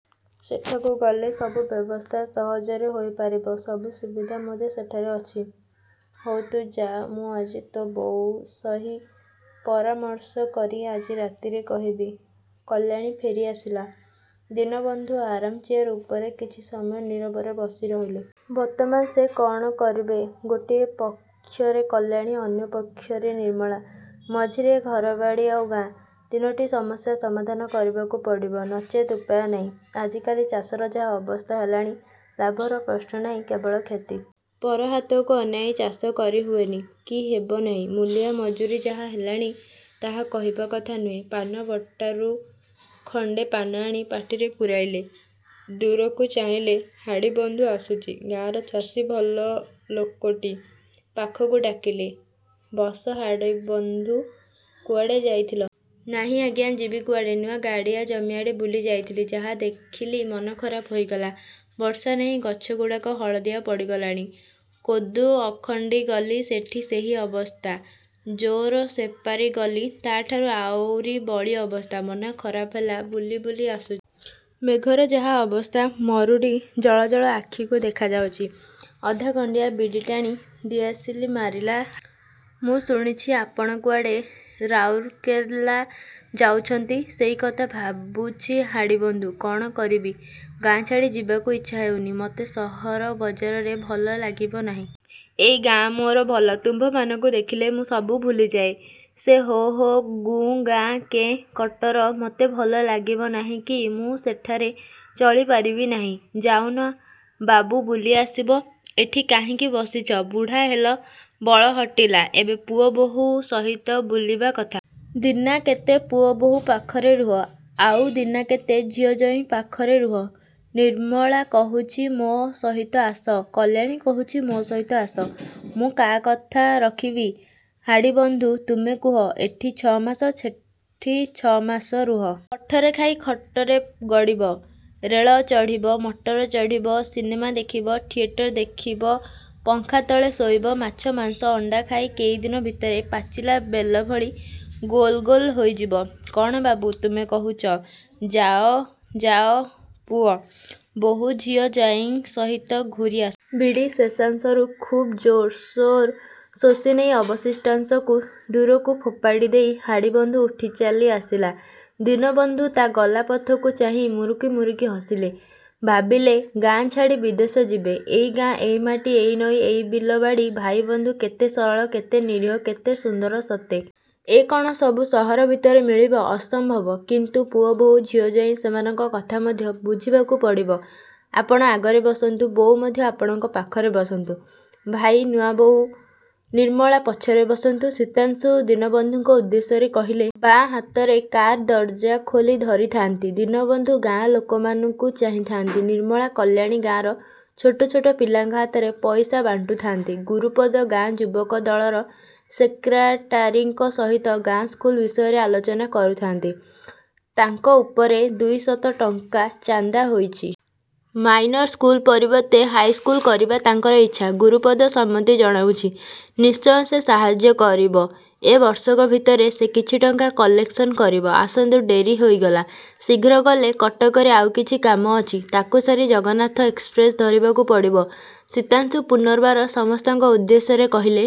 ସେଠାକୁ ଗଲେ ସବୁ ବ୍ୟବସ୍ଥା ସହଜରେ ହୋଇ ପାରିବ। ସବୁ ସୁବିଧା ମଧ୍ୟ ସେଠାରେ ଅଛି। ହଉ ତୁ ଯା ମୁଁ ଆଜି ତୋ' ବୋଉ ସହି ପରାମର୍ଶ କରି ଆଜି ରାତିରେ କହିବି। କଲ୍ୟାଣୀ ଫେରି ଆସିଲା। ଦୀନବନ୍ଧୁ ଆରାମ୍ ଚେୟାର ଉପରେ କିଛି ସମୟ ନୀରବରେ ବସି ରହିଲେ। ବର୍ତ୍ତମାନ ସେ କ'ଣ କରିବେ? ଗୋଟିଏ ପକ୍ଷରେ କଲ୍ୟାଣୀ, ଅନ୍ୟ ପକ୍ଷରେ ନିର୍ମଳା; ମଝିରେ ଏ ଘରବାଡ଼ି ଆଉ ଗାଁ। ତିନୋଟି ସମସ୍ୟା ସମାଧାନ କରିବାକୁ ତାଙ୍କୁ ପଡ଼ିବ। ନଚେତ୍ ଉପାୟ ନାହିଁ। ଆଜିକାଲି ଚାଷର ଯାହା ଅବସ୍ଥା ହେଲାଣି ଲାଭର ପ୍ରଶ୍ନ ନାହିଁ କେବଳ କ୍ଷତି। ପର ହାତକୁ ଅନାଇ ଚାଷ କରି ହୁଏନି, କି ହେବ ନାହିଁ। ମୂଲିଆ ମଜୁରୀ ଯାହା ହେଲାଣି, ତାହା କହିବା କଥା ନୁହେଁ। ପାନବଟାରୁ ଖଣ୍ଡେ ପାନ ଆଣି ପାଟିରେ ପୂରାଇଲେ। ଦୂରକୁ ଚାହିଁଲେ ହାଡ଼ିବନ୍ଧୁ ଆସୁଛି। ଗାଁର ଚାଷୀ ଭଲ ଲୋକଟି। ପାଖକୁ ଡାକିଲେ, ବସ ହାଡ଼ିବନ୍ଧୁ, କୁଆଡ଼େ ଯାଇଥିଲ? ନାହିଁ ଆଜ୍ଞା ଯିବି କୁଆଡ଼େ। ନୂଆ ଗାଡ଼ିଆ ଜମିଆଡ଼େ ବୁଲି ଯାଇଥିଲି। ଯାହା ଦେଖିଲି, ମନ ଖରାପ ହୋଇଗଲା। ବର୍ଷା ନାହିଁ ଗଛଗୁଡ଼ାକ ହଳଦିଆ ପଡ଼ିଗଲାଣି। କୋଦୁଅଖଣ୍ଡି ଗଲି ସେଠି ସେହି ଅବସ୍ଥା। ଯୋର ସେପାରି ଗଲି ତା'ଠାରୁ ଆଉରି ବଳି ଅବସ୍ଥା। ମନ ଖରାପ ହେଲା ବୁଲି ବୁଲି ଆସୁଛି। ମେଘର ଯାହା ଅବସ୍ଥା, ମରୁଡ଼ି ଜଳ ଜଳ ଆଖିକୁ ଦେଖାଯାଉଛି। ଅଧା ଖଣ୍ଡିଆ ବିଡ଼ି ଟାଣି ଦିଆସିଲି ମାରିଲା ହାଡ଼ିବନ୍ଧୁ। ମୁଁ ଶୁଣୁଛି ଆପଣ କୁଆଡ଼େ ରାଉରକେଲା ଯାଉଛନ୍ତି। ସେହିକଥା ଭାବୁଛି ହାଡ଼ିବନ୍ଧୁ! କ'ଣ କରିବି। ଗାଁ ଛାଡ଼ି ଯିବାକୁ ଇଚ୍ଛା ହେଉନି। ମୋତେ ସହର ବଜାରରେ ଭଲ ଲାଗିବ ନାହିଁ। ଏଇ ଗାଁ ମୋର ଭଲ। ତୁମ୍ଭମାନଙ୍କୁ ଦେଖିଲେ ମୁଁ ସବୁ ଭୁଲିଯାଏ। ସେ ହୋ ହୋ ଗୁଁ ଗାଁ କେଁ କଟର ମୋତେ ଭଲ ଲାଗିବ ନାହିଁ କି ମୁଁ ସେଠାରେ ଚଳିପାରିବି ନାହିଁ। ଯାଉନା ବାବୁ ବୁଲି ଆସିବ, ଏଠି କାହିଁକି ବସିଛ। ବୁଢ଼ା ହେଲ, ବଳ ହଟିଲା, ଏବେ ପୁଅ ବୋହୂ ସହିତ ବୁଲିବା କଥା। ଦିନାକେତେ ପୁଅ ବୋହୂ ପାଖରେ ରୁହ। ଆଉ ଦିନାକେତେ ଝିଅ ଜ୍ୱାଇଁ ପାଖରେ ରୁହ। ନିର୍ମଳା କହୁଛି ମୋ ସହିତ ଆସ, କଲ୍ୟାଣୀ କହୁଛି ମୋ ସହିତ ଆସ। ମୁଁ କା କଥା ରଖିବି? ହାଡ଼ିବନ୍ଧୁ, ତୁମେ କୁହ। ଏଠି ଛ'ମାସ, ସେଠି ଛ'ମାସ ରୁହ। ମଠରେ ଖାଇ ଖଟରେ ଗଡ଼ିବ। ରେଳ ଚଢ଼ିବ, ମଟର ଚଢ଼ିବ; ସିନେମା ଦେଖିବ, ଥିଏଟର ଦେଖିବ, ପଙ୍ଖା ତଳେ ଶୋଇବ, ମାଛ, ମାଂସ, ଅଣ୍ଡା ଖାଇ କେଇଦିନ ଭିତରେ ପାଚିଲା ବେଲଭଳି ଗୋଲଗାଲ ହୋଇଯିବ। କ'ଣ ବାବୁ ତୁମେ କହୁଛ। ଯାଅ ଯାଅ ପୁଅ, ବୋହୂ ଝିଅ, ଜ୍ୱାଇଁ ସହିତ ଘୂରିଆସ। ବିଡ଼ି ଶେଷାଂସରୁ ଖୁବ୍ ଜୋରସୋର ଶୋଷିନେଇ ଅବଶିଷ୍ଟାଂଶକୁ ଦୂରକୁ ଫୋପାଡ଼ି ଦେଇ ହାଡ଼ିବନ୍ଧୁ ଉଠି ଚାଲି ଆସିଲା। ଦୀନବନ୍ଧୁ ତା' ଗଲା ପଥକୁ ଚାହିଁ ମୁରୁକି ମୁରୁକି ହସିଲେ। ଭାବିଲେ ଗାଁ ଛାଡ଼ି ବିଦେଶ ଯିବେ। ଏଇ ଗାଁ, ଏଇ ମାଟି, ଏଇ ନଈ, ଏଇ ବିଲ ବାଡ଼ି, ଭାଇବନ୍ଧୁ, କେତେ ସରଳ, କେତେ ନିରୀହ, କେତେ ସୁନ୍ଦର ସତେ। ଏ କ'ଣ ସବୁ ସହର ଭିତରେ ମିଳିବ? ଅସମ୍ଭବ। କିନ୍ତୁ ପୁଅ ବୋହୂ, ଝିଅ ଜ୍ୱାଇଁ ସେମାନଙ୍କ କଥା ମଧ୍ୟ ବୁଝିବାକୁ ପଡ଼ିବ। ଆପଣ ଆଗରେ ବସନ୍ତୁ। ବୋଉ ମଧ୍ୟ ଆପଣଙ୍କ ପାଖରେ ବସନ୍ତୁ, ଭାଇ, ନୂଆବୋଉ, ନିର୍ମଳା ପଛରେ ବସନ୍ତୁ, ଶୀତାଂଶୁ ଦୀନବନ୍ଧୁଙ୍କ ଉଦ୍ଦେଶ୍ୟରେ କହିଲେ। ବାଆଁ ହାତରେ କାର୍ର ଦରଜା ଖୋଲି ଧରିଥାନ୍ତି। ଦୀନବନ୍ଧୁ ଗାଁ ଲୋକମାନଙ୍କୁ ଚାହିଁଥାନ୍ତି। ନିର୍ମଳା, କଲ୍ୟାଣୀ ଗାଁର ଛୋଟ ଛୋଟ ପିଲାଙ୍କ ହାତରେ ପଇସା ବାଣ୍ଟୁଥାନ୍ତି। ଗୁରୁପଦ ଗାଁ ଯୁବକ ଦଳର ସେକ୍ରେଟାରୀଙ୍କ ସହିତ ଗାଁ ସ୍କୁଲ ବିଷୟରେ ଆଲୋଚନା କରୁଥାନ୍ତି। ତାଙ୍କ ଉପରେ ଦୁଇଶତ ଟଙ୍କା ଚାନ୍ଦା ହୋଇଛି। ମାଇନର ସ୍କୁଲ ପରିବର୍ତ୍ତେ ହାଇସ୍କୁଲ କରିବା ତାଙ୍କର ଇଚ୍ଛା। ଗୁରୁପଦ ସମ୍ମତି ଜଣାଉଛି। ନିଶ୍ଚୟ ସେ ସାହାଯ୍ୟ କରିବ। ଏ ବର୍ଷକ ଭିତରେ ସେ କିଛି ଟଙ୍କା କଲେକ୍ସନ କରିବ। ଆସନ୍ତୁ ଡେରି ହୋଇଗଲା। ଶୀଘ୍ର ଗଲେ କଟକରେ ଆଉ କିଛି କାମ ଅଛି, ତା'କୁ ସାରି ଜଗନ୍ନାଥ ଏକ୍ସପ୍ରେସ୍ ଧରିବାକୁ ପଡ଼ିବ, ଶୀତାଂଶୁ ପୁନର୍ବାର ସମସ୍ତଙ୍କ ଉଦ୍ଦେଶ୍ୟରେ କହିଲେ।